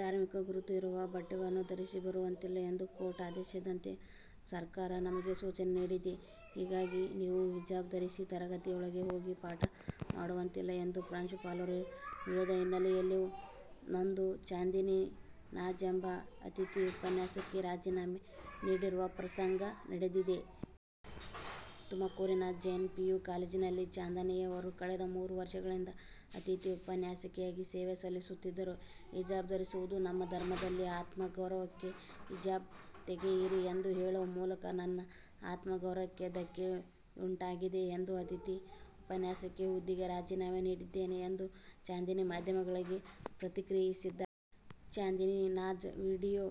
ಧಾರ್ಮಿಕ ಗುರುತು ಇರುವ ಬಟ್ಟೆಗಳನ್ನು ಧರಿಸಿ ಬರುವಂತಿಲ್ಲ ಎಂದು ಕೋರ್ಟ್ ಆದೇಶದಂತೆ ಸರ್ಕಾರ ನಮಗೆ ಸೂಚನೆ ನೀಡಿದೆ, ಹೀಗಾಗಿ ನೀವು ಹಿಜಾಬ್ ಧರಿಸಿ ತರಗತಿಯೊಳಗೆ ಹೋಗಿ ಪಾಠ ಮಾಡುವಂತಿಲ್ಲ ಎಂದು ಪ್ರಾಂಶುಪಾಲರು ಹೇಳಿದ ಹಿನ್ನೆಲೆಯಲ್ಲಿ ನೊಂದು ಚಾಂದಿನಿ ನಾಜ್ ಎಂಬ ಅತಿಥಿ ಉಪನ್ಯಾಸಕಿ ರಾಜೀನಾಮೆ ನೀಡಿರುವ ಪ್ರಸಂಗ ನಡೆದಿದೆ. ತುಮಕೂರಿನ ಜೈನ್ ಪಿಯು ಕಾಲೇಜಿನಲ್ಲಿ ಚಾಂದಿನಿಯವರು ಕಳೆದ ಮೂರು ವರ್ಷಗಳಿಂದ ಅತಿಥಿ ಉಪನ್ಯಾಸಕಿಯಾಗಿ ಸೇವೆ ಸಲ್ಲಿಸುತ್ತಿದ್ದರು. ಹಿಜಾಬ್ ಧರಿಸುವುದು ನಮ್ಮ ಧರ್ಮದಲ್ಲಿ ಆತ್ಮಗೌರವಕ್ಕೆ, ಹಿಜಾಬ್ ತೆಗೆಯಿರಿ ಎಂದು ಹೇಳುವ ಮೂಲಕ ನನ್ನ ಆತ್ಮಗೌರವಕ್ಕೆ ಧಕ್ಕೆಯುಂಟಾಗಿದೆ ಎಂದು ಅತಿಥಿ ಉಪನ್ಯಾಸಕಿ ಹುದ್ದೆಗೆ ರಾಜೀನಾಮೆ ನೀಡಿದ್ದೇನೆ ಎಂದು ಚಾಂದಿನಿ ಮಾಧ್ಯಮಗಳಿಗೆ ಪ್ರತಿಕ್ರಿಯಿಸಿದ್ದಾರೆ. ಚಾಂದಿನಿ ನಾಜ್ ವಿಡಿಯೊ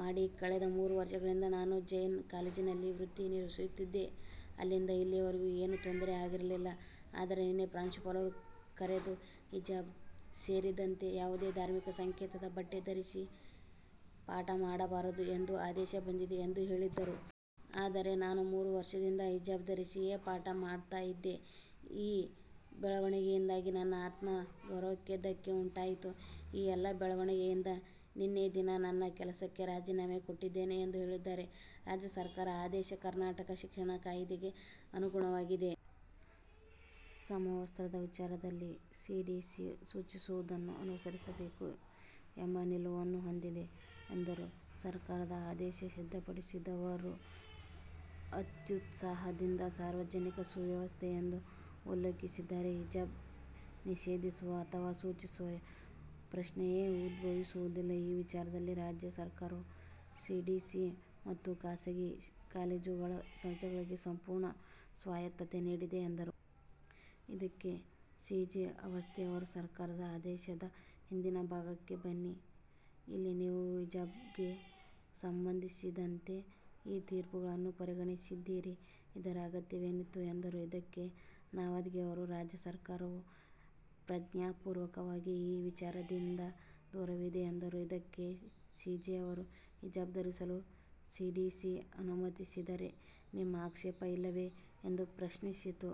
ಮಾಡಿ ಕಳೆದ ಮೂರು ವರ್ಷಗಳಿಂದ ನಾನು ಜೈನ್ ಕಾಲೇಜಿನಲ್ಲಿ ವೃತ್ತಿ ನಿರ್ವಹಿಸುತ್ತಿದ್ದೆ. ಅಲ್ಲಿಂದ ಇಲ್ಲಿವರೆಗೂ ಏನೂ ತೊಂದರೆ ಆಗಿರಲಿಲ್ಲ. ಆದರೆ ನಿನ್ನೆ ಪ್ರಾಂಶುಪಾಲರು ಕರೆದು ಹಿಜಾಬ್ ಸೇರಿದಂತೆ ಯಾವುದೇ ಧಾರ್ಮಿಕ ಸಂಕೇತದ ಬಟ್ಟೆ ಧರಿಸಿ ಪಾಠ ಮಾಡಬಾರದು ಎಂದು ಆದೇಶ ಬಂದಿದೆ ಎಂದು ಹೇಳಿದ್ದರು. ಆದರೆ ನಾನು ಮೂರು ವರ್ಷದಿಂದ ಹಿಜಾಬ್ ಧರಿಸಿಯೇ ಪಾಠ ಮಾಡ್ತಾ ಇದ್ದೆ. ಈ ಬೆಳವಣಿಗೆಯಿಂದಾಗಿ ನನ್ನ ಆತ್ಮಗೌರಕ್ಕೆ ಧಕ್ಕೆ ಉಂಟಾಯಿತು. ಈ ಎಲ್ಲ ಬೆಳವಣಿಗೆಯಿಂದ ನಿನ್ನೆ ದಿನ ನನ್ನ ಕೆಲಸಕ್ಕೆ ರಾಜಿನಾಮೆ ಕೊಟ್ಟಿದ್ದೇನೆ ಎಂದು ಹೇಳಿದ್ದಾರೆ. ರಾಜ್ಯ ಸರ್ಕಾರ ಆದೇಶ ಕರ್ನಾಟಕ ಶಿಕ್ಷಣ ಕಾಯಿದೆಗೆ ಅನುಗುಣವಾಗಿದೆ. ಸಮವಸ್ತ್ರದ ವಿಚಾರದಲ್ಲಿ ಸಿಡಿಸಿ ಸೂಚಿಸುವುದನ್ನು ಅನುಸರಿಸಬೇಕು ಎಂಬ ನಿಲುವನ್ನು ಹೊಂದಿದೆ ಎಂದರು. ಸರ್ಕಾರದ ಆದೇಶ ಸಿದ್ಧಪಡಿಸಿದವರು ಅತ್ಯುತ್ಸಾಹದಿಂದ ಸಾರ್ವಜನಿಕ ಸುವ್ಯವಸ್ಥೆ ಎಂದು ಉಲ್ಲೇಖಿಸಿದ್ದಾರೆ. ಹಿಜಾಬ್ ನಿಷೇಧಿಸುವ ಅಥವಾ ಸೂಚಿಸುವ ಪ್ರಶ್ನೆಯೇ ಉದ್ಭವಿಸುವುದಿಲ್ಲ. ಈ ವಿಚಾರದಲ್ಲಿ ರಾಜ್ಯ ಸರ್ಕಾರವು ಸಿಡಿಸಿ ಮತ್ತು ಖಾಸಗಿ ಕಾಲೇಜುಗಳ ಸಂಸ್ಥೆಗಳಿಗೆ ಸಂಪೂರ್ಣ ಸ್ವಾಯತ್ತತೆ ನೀಡಿದೆ ಎಂದರು. ಇದಕ್ಕೆ ಸಿಜೆ ಅವಸ್ಥಿ ಅವರು 'ಸರ್ಕಾರದ ಆದೇಶದ ಹಿಂದಿನ ಭಾಗಕ್ಕೆ ಬನ್ನಿ. ಇಲ್ಲಿ ನೀವು ಹಿಜಾಬ್ಗೆ ಸಂಬಂಧಿಸಿದಂತೆ ಈ ತೀರ್ಪುಗಳನ್ನು ಪರಿಗಣಿಸಿದ್ದೀರಿ. ಇದರ ಅಗತ್ಯವೇನಿತ್ತು? ' ಎಂದರು. ಇದಕ್ಕೆ ನಾವದಗಿ ಅವರು 'ರಾಜ್ಯ ಸರ್ಕಾರವು ಪ್ರಜ್ಞಾಪೂರ್ವಕವಾಗಿ ಈ ವಿಚಾರದಿಂದ ದೂರವಿದೆ' ಎಂದರು. ಇದಕ್ಕೆ ಸಿಜೆ ಅವರು 'ಹಿಜಾಬ್ ಧರಿಸಲು ಸಿಡಿಸಿ ಅನುಮತಿಸಿದರೆ ನಿಮ್ಮ ಆಕ್ಷೇಪ ಇಲ್ಲವೇ' ಎಂದು ಪ್ರಶ್ನಿಸಿತು.